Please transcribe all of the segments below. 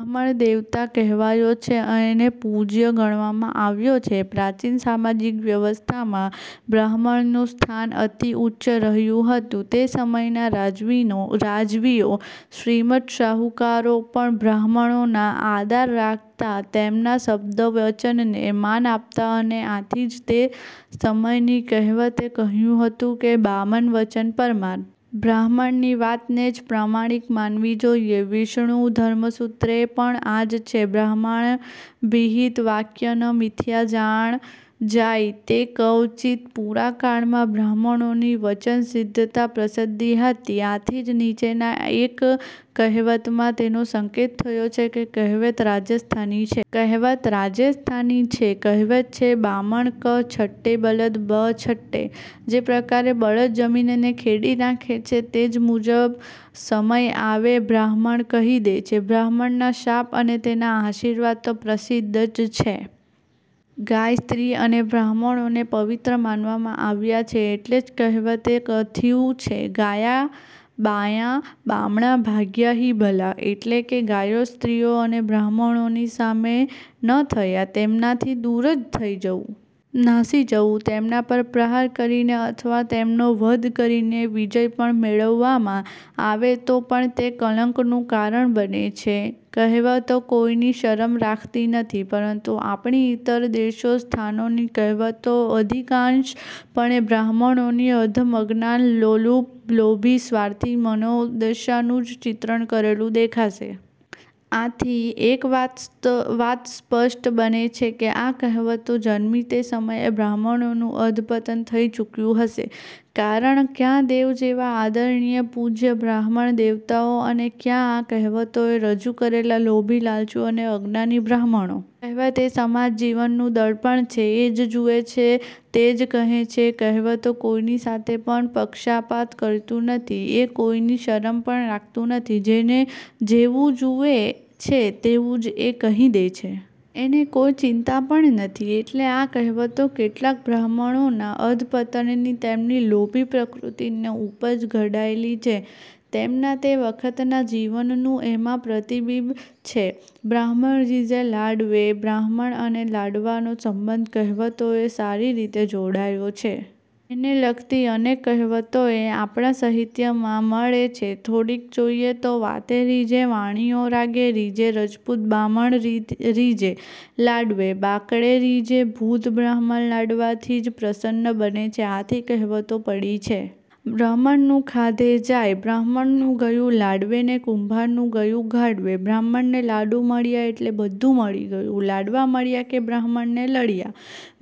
બ્રાહ્મણ દેવતા કહેવાયો છે. એને પૂજ્ય ગણવામાં આવ્યો છે. પ્રાચીન સામાજિક વ્યવસ્થામાં બ્રાહ્મણનું સ્થાન અતિ ઉચ્ચ રહ્યું હતું. તે સમયના રાજવીઓ શ્રીમંત શાહુકારો પણ બ્રાહ્મણનો આદર રાખતાં. તેમના શબ્દ વચનને માન આપતાં. અને આથી જ તે સમયની કહેવતે કહ્યું હતું કે બામન વચન પરમાન. બ્રાહ્મણની વાતને જ પ્રામાણિક માનવી જોઈએ. વિષ્ણુ ધર્મસૂત્રે પણ આજ છે બ્રાહ્મણાભિહિતં વાક્યં ન મિથ્યા જાય તે ક્વચિત. પુરા કાળમાં બ્રાહ્મણોની વચનસિદ્ધતા પ્રસિદ્ધ હતી. આથી જ નીચેની એક કહેવતમાં તેનો સંકેત થયો છે એ કહેવત રાજસ્થાની છે. કહેવત રાજસ્થાની છે. કહેવત છે બામણ કહ છટૈ બલદ બહ છટૈ. જે પ્રકારે બળદ જમીનને ખેડી નાખે છે તે જ મુજબ સમય આવે બ્રાહ્મણ કહી દે છે. બ્રાહ્મણના શાપ અને તેના આશીર્વાદ તો પ્રસિદ્ધ જ છે. ગાય, સ્ત્રી અને બ્રાહ્મણોને પવિત્ર માનવામાં આવ્યા છે એટલે જ કહેવતે કથ્યું છે ગાયાં બાયાં બામણાં ભાગ્યાં હી ભલા. એટલે કે ગાયો સ્ત્રીઓ અને બ્રાહ્મણોની સામે ન થતાં તેમનાથી દૂર જ થઈ જવું. નાસી જવું. તેમના પર પ્રહાર કરીને અથવા તેમનો વધ કરીને વિજય પણ મેળવવામાં આવે તો પણ તે કલંકનું કારણ બને છે. કહેવતો કોઈની શરમ રાખતી નથી. પરંતુ આપણી ઈતર દેશો સ્થાનોની કહેવતોએ અધિકાંશ પણે બ્રાહ્મણોની અધમ–અજ્ઞાન–લોલુપ–લોભી–સ્વાર્થી મનોદશાનું જ ચિત્રણ કરેલું દેખાશે. આથી એક વાત સ્પષ્ટ બને છે કે આ કહેવતો જન્મી તે સમયે બ્રાહ્મણોનું અધ:પતન થઈ ચૂક્યું હશે કારણ, ક્યાં દેવ જેવા આદરણીય પૂજ્ય બ્રાહ્મણ દેવતાઓ અને ક્યાં આ કહેવતોએ રજુ કરેલા લોભી–લાલચુ અને અજ્ઞાની બાહ્મણો. કહેવત એ સમાજ જીવનનું દર્પણ છે. એ જે જુએ છે તે જ કહે છે. કહેવતો કોઈની સાથે પણ પક્ષપાત કરતું નથી. એ કોઈની શરમ પણ રાખતું નથી. જેવું જુએ છે તેવું જ એ કહી દે છે. એને કોઈ ચિંતા પણ નથી. એટલે આ કહેવતો કેટલાક બ્રાહ્મણોના અધ:પતનની તેમની લોભી પ્રકૃતિની ઉપર જ ઘડાયલી છે. તેમના તે વખતના જીવનનું એમાં પ્રતિબિંબ છે. બ્રાહ્મણ રીઝે લાડવે બ્રાહ્મણ અને લાડવાનો સંબંધ કહેવતોએ સારી રીતે જોડ્યો છે. એને લગતી અનેક કહેવતોએ આપણા સાહિત્યમાં મળે છે. થોડીક જોઈએ તો. વાતે રીઝે વાણીઓ રાગે રીઝે રજપૂત બામણ રીઝે લાડવે, બાકળે રીઝે ભૂત બ્રાહ્મણ લાડવાથી જ પ્રસન્ન બને છે. આથી કહેવતો પડી છે - 'બ્રાહ્મણનું ખાધે જાય' 'બ્રાહ્મણનું ગયું લાડવે ને કુંભારનું ગયું ઘાડવે,'બ્રાહ્મણને લાડુ મળ્યા એટલે બધું મળી ગયું' 'લાડવા મળ્યા કે બ્રાહ્મણ લળ્યા'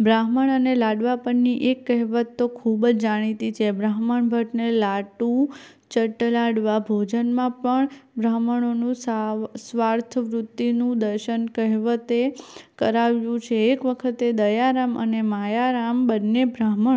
બ્રાહ્મણ અને લાડવા પરની એક કહેવત તો ખૂબ જ જાણીતી છે – 'બ્રાહ્મણ ભટ્ટ ને લાડુ ચટ્ટ' લાડવા– ભોજનમાં પણ બ્રાહ્મણોની સ્વાર્થવૃત્તિનું દર્શન કહેવતે કરાવ્યું છે. એક વખતે દયારામ અને માયારામ બન્ને બ્રાહ્મણો